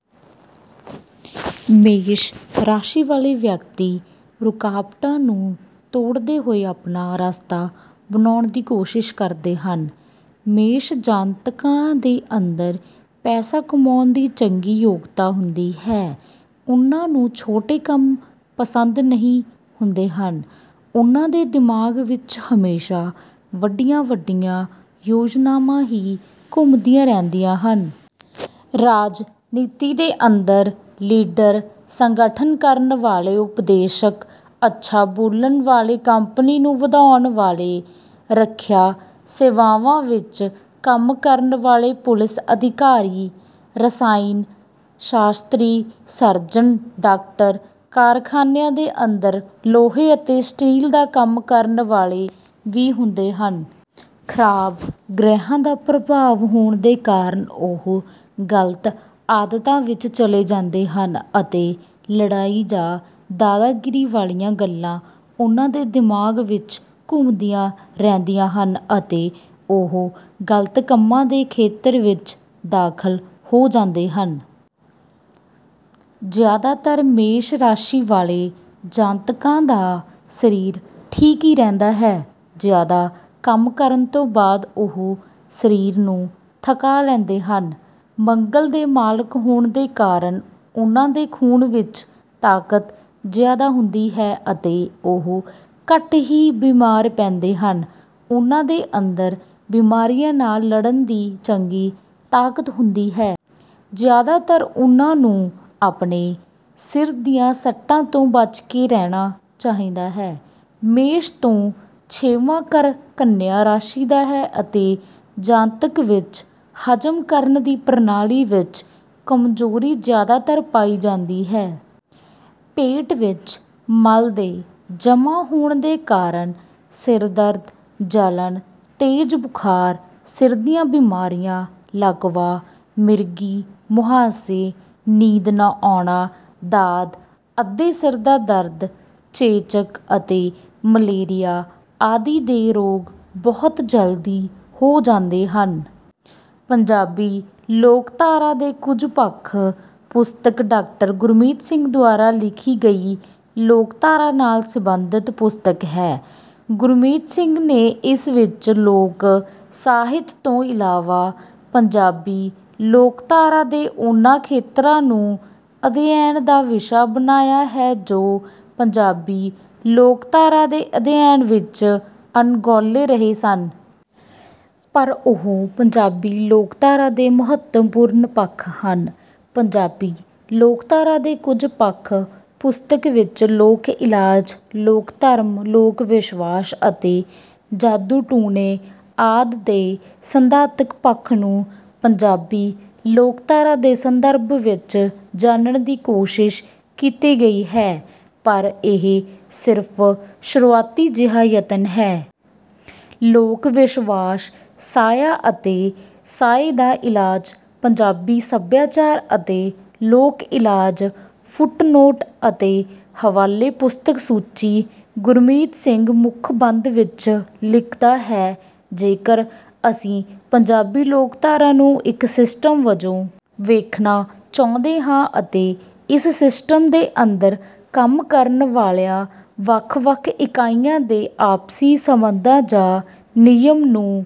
ਮੇਸ਼ ਰਾਸ਼ੀ ਵਾਲੇ ਵਿਅਕਤੀ ਰੁਕਾਵਟਾਂ ਨੂੰ ਤੋੜਦੇ ਹੋਏ ਆਪਣਾ ਰਸਤਾ ਬਣਾਉਣ ਦੀ ਕੋਸ਼ਿਸ਼ ਕਰਦੇ ਹਨ। ਮੇਸ਼ ਜਾਤਕਾਂ ਦੇ ਅੰਦਰ ਪੈਸਾ ਕਮਾਉਣ ਦੀ ਚੰਗੀ ਯੋਗਤਾ ਹੁੰਦੀ ਹੈ ਉਨ੍ਹਾਂ ਨੂੰ ਛੋਟੇ ਕੰਮ ਪਸੰਦ ਨਹੀਂ ਹੁੰਦੇ ਹਨ ਉਨ੍ਹਾਂ ਦੇ ਦਿਮਾਗ ਵਿੱਚ ਹਮੇਸ਼ਾ ਵੱਡੀਆਂ ਵੱਡੀਆਂ ਯੋਜਨਾਵਾਂ ਹੀ ਘੁੰਮਦੀਆਂ ਰਹਿੰਦੀਆਂ ਹਨ। ਰਾਜਨੀਤੀ ਦੇ ਅੰਦਰ ਲੀਡਰ ਸੰਗਠਨ ਕਰਨ ਵਾਲੇ ਉਪਦੇਸ਼ਕ ਅੱਛਾ ਬੋਲਣ ਵਾਲੇ ਕੰਪਨੀ ਨੂੰ ਵਧਾਉਣ ਵਾਲੇ ਰੱਖਿਆ ਸੇਵਾਵਾਂ ਵਿੱਚ ਕੰਮ ਕਰਨ ਵਾਲੇ ਪੁਲਿਸ ਅਧਿਕਾਰੀ ਰਸਾਇਨ ਸ਼ਾਸਤਰੀ ਸਰਜਨ ਡਾਕਟਰ ਕਾਰਖਾਨਿਆਂ ਦੇ ਅੰਦਰ ਲੋਹੇ ਅਤੇ ਸਟੀਲ ਦਾ ਕੰਮ ਕਰਨ ਵਾਲੇ ਵੀ ਹੁੰਦੇ ਹਨ। ਖਰਾਬ ਗ੍ਰਹਿਆਂ ਦਾ ਪ੍ਰਭਾਵ ਹੋਣ ਦੇ ਕਾਰਨ ਉਹ ਗਲਤ ਆਦਤਾਂ ਵਿੱਚ ਚਲੇ ਜਾਂਦੇ ਹਨ ਅਤੇ ਲੜਾਈ ਜਾਂ ਦਾਦਾਗੀਰੀ ਵਾਲੀਆਂ ਗੱਲਾਂ ਉਨ੍ਹਾਂ ਦੇ ਦਿਮਾਗ ਵਿੱਚ ਘੁੰਮਦੀਆਂ ਰਹਿੰਦੀਆਂ ਹਨ ਅਤੇ ਉਹ ਗਲਤ ਕੰਮਾਂ ਦੇ ਖੇਤਰ ਵਿੱਚ ਦਾਖਲ ਹੋ ਜਾਂਦੇ ਹਨ। ਜਿਆਦਾਤਰ ਮੇਸ਼ ਰਾਸ਼ੀ ਵਾਲੇ ਜਾਤਕਾਂ ਦਾ ਸਰੀਰ ਠੀਕ ਹੀ ਰਹਿੰਦਾ ਹੈ ਜਿਆਦਾ ਕੰਮ ਕਰਨ ਤੋਂ ਬਾਅਦ ਉਹ ਸਰੀਰ ਨੂੰ ਥੱਕਾ ਲੈਂਦੇ ਹਨ। ਮੰਗਲ ਦੇ ਮਾਲਕ ਹੋਣ ਦੇ ਕਾਰਨ ਉਨ੍ਹਾਂ ਦੇ ਖੂਨ ਵਿੱਚ ਤਾਕਤ ਜਿਆਦਾ ਹੁੰਦੀ ਹੈ ਅਤੇ ਉਹ ਘੱਟ ਹੀ ਬੀਮਾਰ ਪੈਂਦੇ ਹਨ ਉਨ੍ਹਾਂ ਦੇ ਅੰਦਰ ਬਿਮਾਰੀਆਂ ਨਾਲ ਲੜਨ ਦੀ ਚੰਗੀ ਤਾਕਤ ਹੁੰਦੀ ਹੈ। ਜਿਆਦਾਤਰ ਉਨ੍ਹਾਂ ਨੂੰ ਆਪਣੇ ਸਿਰ ਦੀਆਂ ਸੱਟਾਂ ਤੋਂ ਬਚ ਕੇ ਰਹਿਣਾ ਚਾਹੀਦਾ ਹੈ। ਮੇਸ਼ ਤੋਂ ਛੇਵਾਂ ਘਰ ਕੰਨਿਆ ਰਾਸ਼ੀ ਦਾ ਹੈ ਅਤੇ ਜਾਤਕ ਵਿੱਚ ਹਜ਼ਮ ਕਰਨ ਦੀ ਪ੍ਰਣਾਲੀ ਵਿੱਚ ਕਮਜ਼ੋਰੀ ਜਿਆਦਾਤਰ ਪਾਈ ਜਾਂਦੀ ਹੈ। ਪੇਟ ਵਿੱਚ ਮਲ ਦੇ ਜਮ੍ਹਾਂ ਹੋਣ ਦੇ ਕਾਰਨ ਸਿਰਦਰਦ ਜਲਨ ਤੇਜ਼ ਬੁਖਾਰ ਸਿਰ ਦੀਆਂ ਬੀਮਾਰੀਆਂ ਲਕਵਾ ਮਿਰਗੀ ਮੁਹਾਸੇ ਨੀਂਦ ਨਾ ਆਉਣਾ ਦਾਦ ਅੱਧੇ ਸਿਰ ਦਾ ਦਰਦ ਚੇਚਕ ਅਤੇ ਮਲੇਰੀਆ ਆਦਿ ਦੇ ਰੋਗ ਬਹੁਤ ਜਲਦੀ ਹੋ ਜਾਂਦੇ ਹਨ। ਪੰਜਾਬੀ ਲੋਕਧਾਰਾ ਦੇ ਕੁਝ ਪੱਖ ਪੁਸਤਕ ਡਾਕਟਰ ਗੁਰਮੀਤ ਸਿੰਘ ਦੁਆਰਾ ਲਿਖੀ ਗਈ ਲੋਕਧਾਰਾ ਨਾਲ ਸਬੰਧਿਤ ਪੁਸਤਕ ਹੈ। ਗੁਰਮੀਤ ਸਿੰਘ ਨੇ ਇਸ ਵਿੱਚ ਲੋਕ ਸਾਹਿਤ ਤੋਂ ਇਲਾਵਾ ਪੰਜਾਬੀ ਲੋਕਧਾਰਾ ਦੇ ਉਨ੍ਹਾਂ ਖੇਤਰਾਂ ਨੂੰ ਅਧਿਐਨ ਦਾ ਵਿਸ਼ਾ ਬਣਾਇਆ ਹੈ ਜੋ ਪੰਜਾਬੀ ਲੋਕਧਾਰਾ ਦੇ ਅਧਿਐਨ ਵਿੱਚ ਅਣਗੌਲੇ ਰਹੇ ਸਨ। ਪਰ ਉਹ ਪੰਜਾਬੀ ਲੋਕਧਾਰਾ ਦੇ ਮਹੱਤਵਪੂਰਨ ਪੱਖ ਹਨ। ਪੰਜਾਬੀ ਲੋਕਧਾਰਾ ਦੇ ਕੁਝ ਪੱਖ ਪੁਸਤਕ ਵਿੱਚ ਲੋਕ ਇਲਾਜ ਲੋਕ ਧਰਮ ਲੋਕ ਵਿਸ਼ਵਾਸ ਅਤੇ ਜਾਦੂ ਟੂਣੇ ਆਦਿ ਦੇ ਸਿਧਾਂਤਕ ਪੱਖ ਨੂੰ ਪੰਜਾਬੀ ਲੋਕਧਾਰਾ ਦੇ ਸੰਦਰਭ ਵਿੱਚ ਜਾਣਨ ਦੀ ਕੋਸ਼ਿਸ਼ ਕੀਤੀ ਗਈ ਹੈ ਪਰ ਇਹ ਸਿਰਫ ਸ਼ੁਰੂਆਤੀ ਜਿਹਾ ਯਤਨ ਹੈ। ਲੋਕ ਵਿਸ਼ਵਾਸ ਸਾਇਆ ਅਤੇ ਸਾਏ ਦਾ ਇਲਾਜ ਪੰਜਾਬੀ ਸਭਿਆਚਾਰ ਅਤੇ ਲੋਕ ਇਲਾਜ ਫੁੱਟ ਨੋਟ ਅਤੇ ਹਵਾਲੇ ਪੁਸਤਕ ਸੂਚੀ ਗੁਰਮੀਤ ਸਿੰਘ ਮੁੱਖ ਬੰਦ ਵਿੱਚ ਲਿਖਦਾ ਹੈ ਜੇਕਰ ਅਸੀਂ ਪੰਜਾਬੀ ਲੋਕਧਾਰਾ ਨੂੰ ਇੱਕ ਸਿਸਟਮ ਵਜੋਂ ਵੇਖਣਾ ਚਾਹੁੰਦੇ ਹਾਂ ਅਤੇ ਇਸ ਸਿਸਟਮ ਦੇ ਅੰਦਰ ਕੰਮ ਕਰਨ ਵਾਲੀਆਂ ਵੱਖ ਵੱਖ ਇਕਾਈਆਂ ਦੇ ਆਪਸੀ ਸਬੰਧਾਂ ਜਾਂ ਨਿਯਮ ਨੂੰ